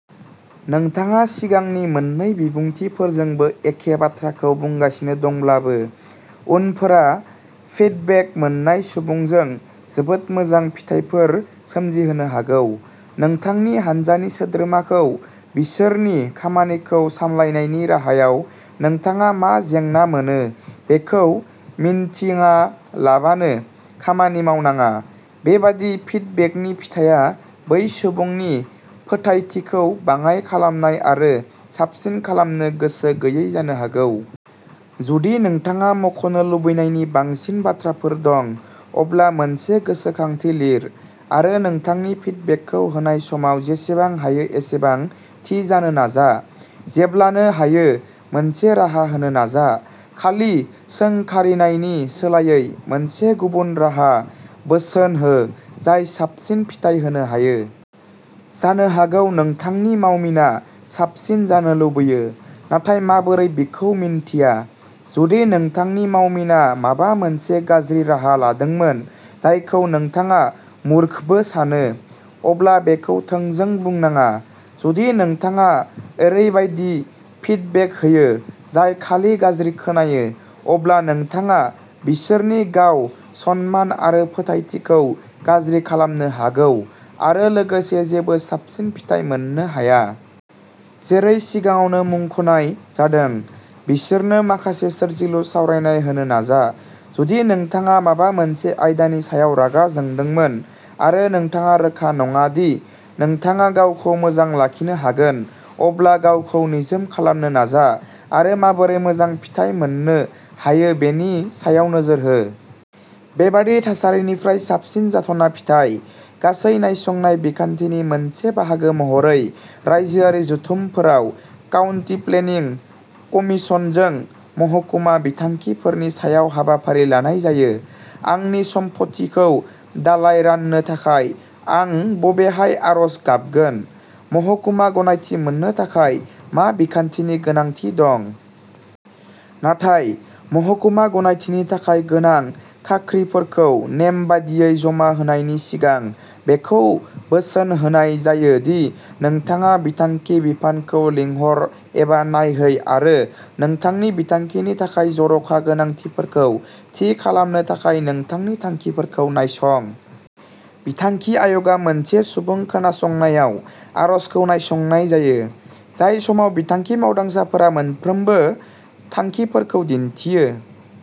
नोंथाङा सिगांनि मोन्नै बिबुंथिफोरजोंबो एखे बाथ्राखौ बुंगासिनो दंब्लाबो, उननिफोरा फिडबेक मोन्नाय सुबुंजों जोबोद मोजां फिथायफोर सोमजिहोनो हागौ। नोंथांनि हानजानि सोद्रोमाखौ बिसोरनि खामानिखौ सामलायनायनि राहायाव नोंथाङा मा जेंना मोनो बेखौ मिन्थिङालाबानो खामानि मावनाङा। बेबादि फिडबेकनि फिथाया बै सुबुंनि फोथायथिखौ बाङाइ खालामनाय आरो साबसिन खालामनो गोसो गैयै जानो हागौ। जुदि नोंथाङा मख'नो लुबैनायनि बांसिन बाथ्राफोर दं, अब्ला मोनसे गोसोखांथि लिर आरो नोंथांनि फिडबेकखौ होनाय समाव जेसेबां हायो एसेबां थि जानो नाजा। जेब्लानो हायो, मोनसे राहा होनो नाजा। खालि सोंखारिनायनि सोलायै, मोनसे गुबुन राहा बोसोन हो जाय साबसिन फिथाय होनो हायो। जानो हागौ नोंथांनि मावमिना साबसिन जानो लुबैयो, नाथाय माबोरै बेखौ मिन्थिया? जुदि नोंथांनि मावमिना माबा मोनसे गाज्रि राहा लादोंमोन जायखौ नोंथाङा मूर्खबो सानो, अब्ला बेखौ थोंजों बुंनाङा। जुदि नोंथाङा ओरैबायदि फिडबेक होयो जाय खालि गाज्रि खोनायो, अब्ला नोंथाङा बिसोरनि गाव-सनमान आरो फोथायथिखौ गाज्रि खालामनो हागौ आरो लोगोसे जेबो साबसिन फिथाय मोननो हाया। जेरै सिगाङावनो मुंख'नाय जादों, बिसोरनो माखासे सोरजिलु सावरायनाय होनो नाजा। जुदि नोंथाङा माबा मोनसे आयदानि सायाव रागा जोंदोंमोन, आरो नोंथाङा रोखा नङा दि नोंथाङा गावखौ मोजां लाखिनो हागोन, अब्ला गावखौ निजोम खालामनो नाजा आरो माबोरै मोजां फिथाय मोननो हायो बेनि सायाव नोजोर हो। बेबादि थासारिनिफ्राय साबसिन जाथावना फिथाय। गासै नायसंनाय बिखान्थिनि मोनसे बाहागो महरै रायजोआरि जथुमफोराव काउन्टि प्लेनिं कमिसनजों महकुमा बिथांखिफोरनि सायाव हाबाफारि लानाय जायो। आंनि सम्फथिखौ दालाय राननो थाखाय आं बबेहाय आर'ज गाबगोन? महकुमा गनायथि मोन्नो थाखाय मा बिखान्थिनि गोनांथि दं? नाथाय, महकुमा गनायथिनि थाखाय गोनां खाख्रिफोरखौ नेम बायदियै जमा होनायनि सिगां, बेखौ बोसोन होनाय जायो दि नोंथाङा बिथांखि बिफानखौ लिंहर एबा नायहै आरो नोंथांनि बिथांखिनि थाखाय जर'खा गोनांथिफोरखौ थि खालामनो थाखाय नोंथांनि थांखिफोरखौ नायसं। बिथांखि आय'गआ मोनसे सुबुं खोनासंनायाव आर'जखौ नायसंनाय जायो, जाय समाव बिथांखि मावदांसाफोरा मोनफ्रोमबो थांखिफोरखौ दिन्थियो।